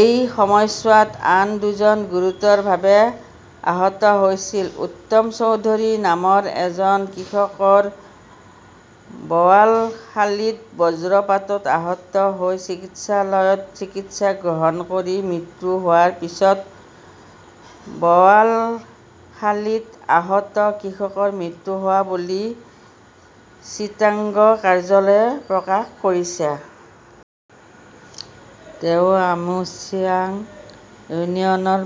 এই সময়ছোৱাত আন দুজন গুৰুতৰভাৱে আহত হৈছিল। উত্তম চৌধুৰী নামৰ এজন কৃষকৰ বৱালখালীত বজ্ৰপাতত আহত হৈ চিকিৎসালয়ত চিকিৎসা গ্ৰহণ কৰি মৃত্যু হোৱাৰ পিছত বৱালখালীত আহত কৃষকৰ মৃত্যু হোৱা বুলি চিটাগং কাৰ্যালয়ে প্ৰকাশ কৰিছে। তেওঁ আমুচিয়া ইউনিয়নৰ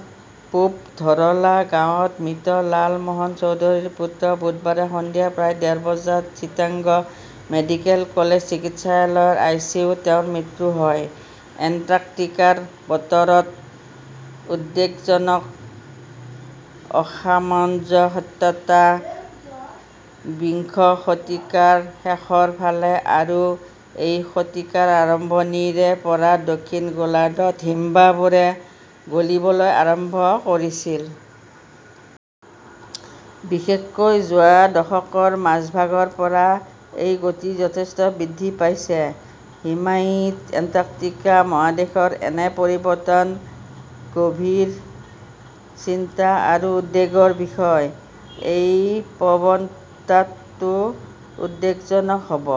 পূব ধৰলা গাঁৱৰ মৃত লাল মোহন চৌধুৰীৰ পুত্ৰ। বুধবাৰে সন্ধিয়া প্ৰায় ডেৰ বজাত চিটাগং মেডিকেল কলেজ চিকিৎসালয়ৰ আইচিইউত তেওঁৰ মৃত্যু হয়। এণ্টাৰ্কটিকাৰ বতৰত উদ্বেগজনক অসামঞ্জস্যতা! বিংশ শতিকাৰ শেষৰ ফালে আৰু এই শতিকাৰ আৰম্ভণিৰে পৰা দক্ষিণ গোলাৰ্ধৰ হিমবাহবোৰে গলিবলৈ আৰম্ভ কৰিছিল। বিশেষকৈ যোৱা দশকৰ মাজভাগৰ পৰা এই গতি যথেষ্ট বৃদ্ধি পাইছে। হিমায়িত এণ্টাৰ্কটিকা মহাদেশৰ এনে পৰিৱৰ্তন গভীৰ চিন্তা আৰু উদ্বেগৰ বিষয়। এই প্ৰৱণতাটো উদ্বেগজনক হব।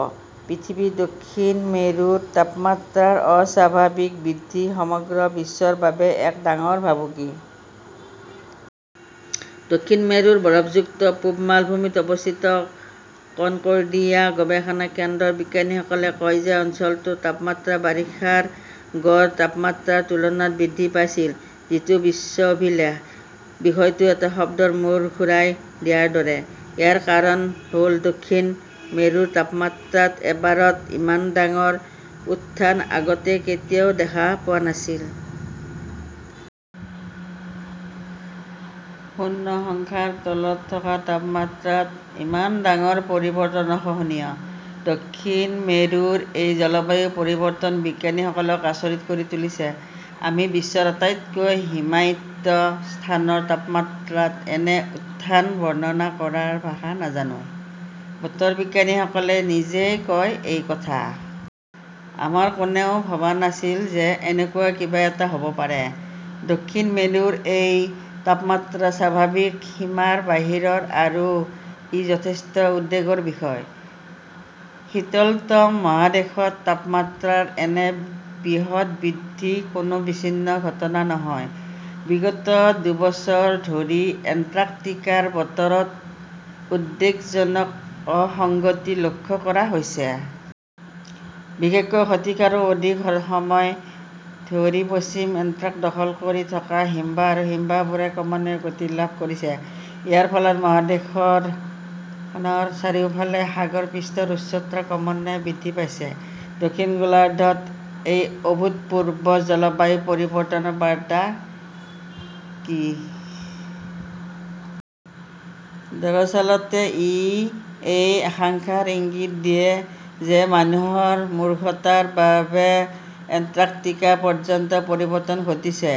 পৃথিৱীৰ দক্ষিণ মেৰুৰ তাপমাত্ৰাৰ অস্বাভাৱিক বৃদ্ধি সমগ্ৰ বিশ্বৰ বাবে এক ডাঙৰ ভাবুকি। দক্ষিণ মেৰুৰ বৰফযুক্ত পূব মালভূমিত অৱস্থিত কনকৰ্ডিয়া গৱেষণা কেন্দ্ৰৰ বিজ্ঞানীসকলে কয় যে অঞ্চলটোৰ তাপমাত্ৰা বাৰিষাৰ গড় তাপমাত্ৰাৰ তুলনাত বৃদ্ধি পাইছিল, যিটো বিশ্ব অভিলেখ। বিষয়টো এটা শব্দৰ মূৰ ঘূৰাই দিয়াৰ দৰে। ইয়াৰ কাৰণ হ'ল, দক্ষিণ মেৰুৰ তাপমাত্ৰাত এবাৰত ইমান ডাঙৰ উত্থান আগতে কেতিয়াও দেখা পোৱা নাছিল। শূন্য সংখ্যাৰ তলত থকা তাপমাত্ৰাত ইমান ডাঙৰ পৰিৱৰ্তন অসহনীয়। দক্ষিণ মেৰুৰ এই জলবায়ু পৰিৱৰ্তনে বিজ্ঞানীসকলক আচৰিত কৰি তুলিছে। "আমি বিশ্বৰ আটাইতকৈ হিমায়িত স্থানৰ তাপমাত্ৰাত এনে উত্থান বৰ্ণনা কৰাৰ ভাষা নাজানো", বতৰ বিজ্ঞানীসকলে নিজেই কয় এই কথা। আমাৰ কোনেও ভবা নাছিল যে এনেকুৱা কিবা এটা হ'ব পাৰে। দক্ষিণ মেৰুৰ এই তাপমাত্ৰা স্বাভাৱিক সীমাৰ বাহিৰৰ আৰু ই যথেষ্ট উদ্বেগৰ বিষয়। 'শীতলতম মহাদেশত তাপমাত্ৰাৰ এনে বৃহৎ বৃদ্ধি কোনো বিচ্ছিন্ন ঘটনা নহয়। বিগত দুবছৰ ধৰি এণ্টাৰ্কটিকাৰ বতৰত উদ্বেগজনক অসঙ্গতি লক্ষ্য কৰা হৈছে। বিশেষকৈ শতিকাৰো অধিক সময় ধৰি পশ্চিম এণ্টাৰ্ক দখল কৰি থকা হিমবাহ আৰু হিমবাহবোৰে ক্ৰমান্বয়ে গতি লাভ কৰিছে। ইয়াৰ ফলত মহাদেশখনৰ চাৰিওফালে সাগৰ পৃষ্ঠৰ উচ্চতা ক্ৰমান্বয়ে বৃদ্ধি পাইছে। দক্ষিণ গোলাৰ্ধত এই অভূতপূৰ্ব জলবায়ু পৰিৱৰ্তনৰ বাৰ্তা কি? দৰাচলতে, ই এই আশংকাৰ ইংগিত দিয়ে যে মানুহৰ মূৰ্খতাৰ বাবে এণ্টাৰ্কটিকা পৰ্যন্ত পৰিৱৰ্তন ঘটিছে।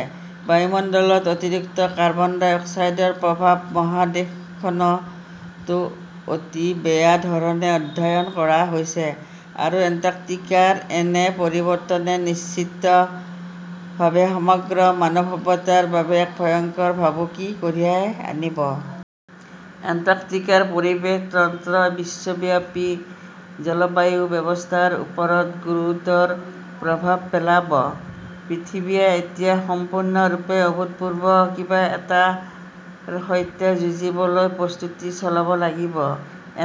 বায়ুমণ্ডলত অতিৰিক্ত কাৰ্বন ডাই অক্সাইডৰ প্ৰভাৱ মহাদেশখনতো অতি বেয়া ধৰণে অধ্যয়ন কৰা হৈছে আৰু এণ্টাৰ্কটিকাৰ এনে পৰিৱৰ্তনে নিশ্চিতভাৱে সমগ্ৰ মানৱ সভ্যতাৰ বাবে এক ভয়ংকৰ ভাবুকি কঢ়িয়াই আনিব। এণ্টাৰ্কটিকাৰ পৰিৱেশ তন্ত্ৰই বিশ্বব্যাপী জলবায়ু ব্যৱস্থাৰ ওপৰত গুৰুতৰ প্ৰভাৱ পেলাব। পৃথিৱীয়ে এতিয়া সম্পূৰ্ণৰূপে অভূতপূৰ্ব কিবা এটাৰ সৈতে যুঁজিবলৈ প্ৰস্তুতি চলাব লাগিব।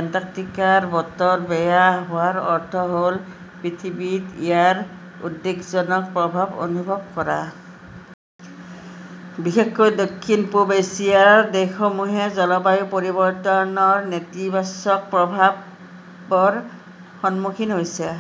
এণ্টাৰ্কটিকাৰ বতৰ বেয়া হোৱাৰ অৰ্থ হ'ল পৃথিৱীত ইয়াৰ উদ্বেগজনক প্ৰভাৱ অনুভৱ কৰা। বিশেষকৈ দক্ষিণ-পূব এছিয়াৰ দেশসমূহে জলবায়ু পৰিৱৰ্তনৰ নেতিবাচক প্ৰভাৱৰ সন্মুখীন হৈছে।